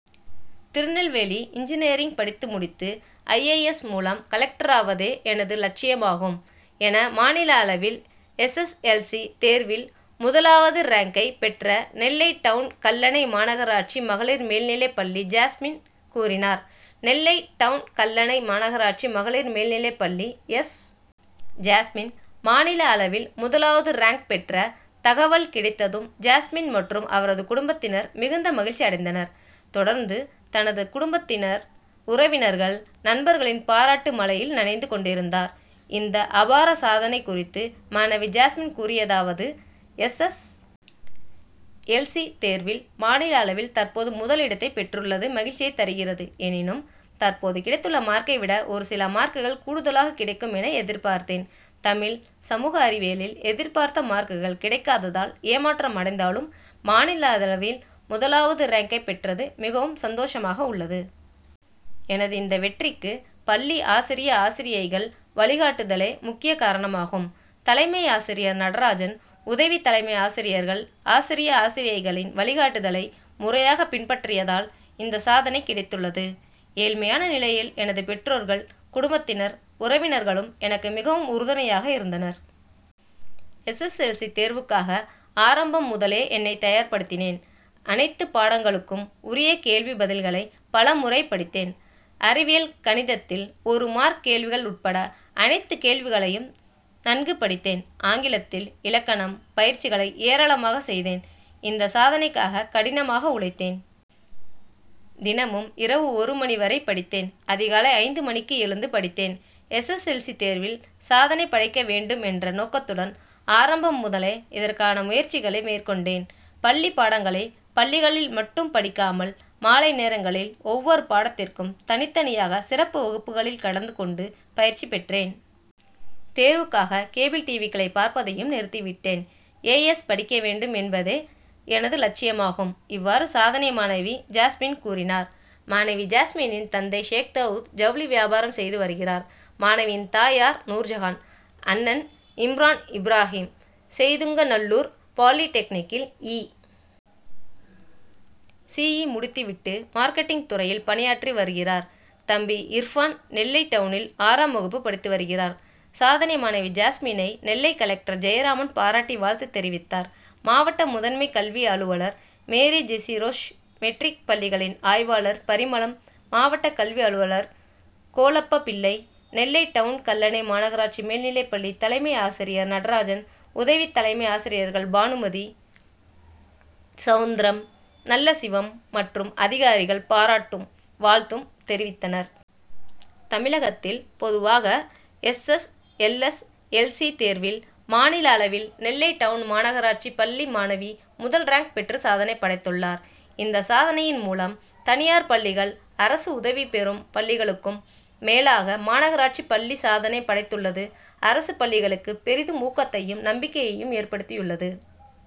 Tirunelveli engineering படித்து முடித்து I. A. S மூலம் கலெக்டராவதே எனது லட்சியமாகும் என மாநில அளவில் எஸ். எஸ். எல். சி தேர்வில் முதலாவது ரேங்க்கை பெற்ற நெல்லை டவுன் கல்லணை மாநகராட்சி மகளிர் மேல்நிலைப் பள்ளி ஜாஸ்மின் கூறினார். நெல்லை டவுன் கல்லணை மாநகராட்சி மகளிர் மேல்நிலைப் பள்ளி எஸ். ஜாஸ்மின். மாநில அளவில் முதலாவது ரேங்க் பெற்ற தகவல் கிடைத்ததும் ஜாஸ்மின் மற்றும் அவரது குடும்பத்தினர் மிகுந்த மகிழ்ச்சி அடைந்தனர். தொடர்ந்து தனது குடும்பத்தினர், உறவினர்கள், நண்பர்களின் பாராட்டு மழையில் நனைந்து கொண்டிருந்தார். இந்த அபார சாதனை குறித்து மாணவி ஜாஸ்மின் கூறியதாவது எஸ். எஸ். எல். சி தேர்வில் மாநில அளவில் தற்போது முதல் இடத்தை பெற்றுள்ளது மகிழ்ச்சியை தருகிறது. எனினும், தற்போது கிடைத்துள்ள மார்க்கை விட ஒரு சில மார்க்குகள் கூடுதலாக கிடைக்கும் என எதிர்பார்த்தேன். தமிழ், சமூக அறிவியலில் எதிர்பார்த்த மார்க்குகள் கிடைக்காததால் ஏமாற்றம் அடைந்தாலும் மாநில அளவில் முதலாவது ரேங்கை பெற்றது மிகவும் சந்தோஷமாக உள்ளது. எனது இந்த வெற்றிக்கு பள்ளி ஆசிரிய, ஆசிரியைகள் வழிகாட்டுதலே முக்கிய காரணமாகும். தலைமை ஆசிரியர் நடராஜன், உதவி தலைமை ஆசிரியர்கள், ஆசிரிய, ஆசிரியைகளின் வழிகாட்டுதலை முறையாக பின்பற்றியதால் இந்த சாதனை கிடைத்துள்ளது. ஏழ்மையான நிலையில் எனது பெற்றோர்கள், குடும்பத்தினர், உறவினர்களும் எனக்கு மிகவும் உறுதுணையாக இருந்தனர். எஸ். எஸ். எல். சி தேர்வுக்காக ஆரம்பம் முதலே என்னை தயார்படுத்தினேன். அனைத்து பாடங்களுக்கும் உரிய கேள்வி பதில்களை பல முறை படித்தேன். அறிவியல், கணிதத்தில் ஒரு மார்க் கேள்விகள் உட்பட அனைத்து கேள்விகளையும் நன்கு படித்தேன். ஆங்கிலத்தில் இலக்கணம், பயிற்சிகளை ஏராளமாக செய்தேன். இந்த சாதனைக்காக கடினமாக உழைத்தேன். தினமும் இரவு ஒரு மணி வரை படித்தேன். அதிகாலை ஐந்து மணிக்கு எழுந்து படித்தேன். எஸ். எஸ். எல். சி தேர்வில் சாதனை படைக்க வேண்டும் என்ற நோக்கத்துடன் ஆரம்பம் முதலே இதற்கான முயற்சிகளை மேற்கொண்டேன். பள்ளி பாடங்களை பள்ளிகளில் மட்டும் படிக்காமல் மாலை நேரங்களில் ஒவ்வொரு பாடத்திற்கும் தனித்தனியாக சிறப்பு வகுப்புகளில் கலந்து கொண்டு பயிற்சி பெற்றேன். தேர்வுக்காக கேபிள் டிவிக்களை பார்ப்பதையும் நிறுத்தி விட்டேன். ஏ. எஸ் படிக்க வேண்டும் என்பதே எனது லட்சியமாகும். இவ்வாறு சாதனை மாணவி ஜாஸ்மின் கூறினார். மாணவி ஜாஸ்மினின் தந்தை சேக்தாவூது ஜவுளி வியாபாரம் செய்து வருகிறார். மாணவியின் தாயார் நூர்ஜஹான். அண்ணன் இம்ரான் இப்ராகிம் செய்துங்கநல்லூர் பாலிடெக்னிக்கில் இ. சி. இ முடித்து விட்டு மார்க்கெட்டிங் துறையில் பணியாற்றி வருகிறார். தம்பி இர்பான் நெல்லை டவுனில் ஆறாம் வகுப்பு படித்து வருகிறார். சாதனை மாணவி ஜாஸ்மினை, நெல்லை கலெக்டர் ஜெயராமன் பாராட்டி வாழ்த்து தெரிவித்தார். மாவட்ட முதன்மை கல்வி அலுவலர் மேரிஜெசிரோச், மெட்ரிக் பள்ளிகளின் ஆய்வாளர் பரிமளம், மாவட்ட கல்வி அலுவலர் கோலப்ப பிள்ளை, நெல்லை டவுன் கல்லணை மாநகராட்சி மேல்நிலைப் பள்ளி தலைமை ஆசிரியர் நடராஜன், உதவி தலைமை ஆசிரியர்கள் பானுமதி, சவுந்திரம், நல்லசிவம் மற்றும் அதிகாரிகள் பாராட்டும், வாழ்த்தும் தெரிவித்தனர். தமிழகத்தில் பொதுவாக S. S. L. S. L. C தேர்வில் மாநில அளவில் நெல்லை டவுன் மாநகராட்சி பள்ளி மாணவி முதல் ரேங்க் பெற்று சாதனை படைத்துள்ளார். இந்த சாதனையின் மூலம் தனியார் பள்ளிகள், அரசு உதவி பெறும் பள்ளிகளுக்கும் மேலாக மாநகராட்சி பள்ளி சாதனை படைத்துள்ளது அரசு பள்ளிகளுக்கு பெரிதும் ஊக்கத்தையும், நம்பிக்கையையும் ஏற்படுத்தியுள்ளது.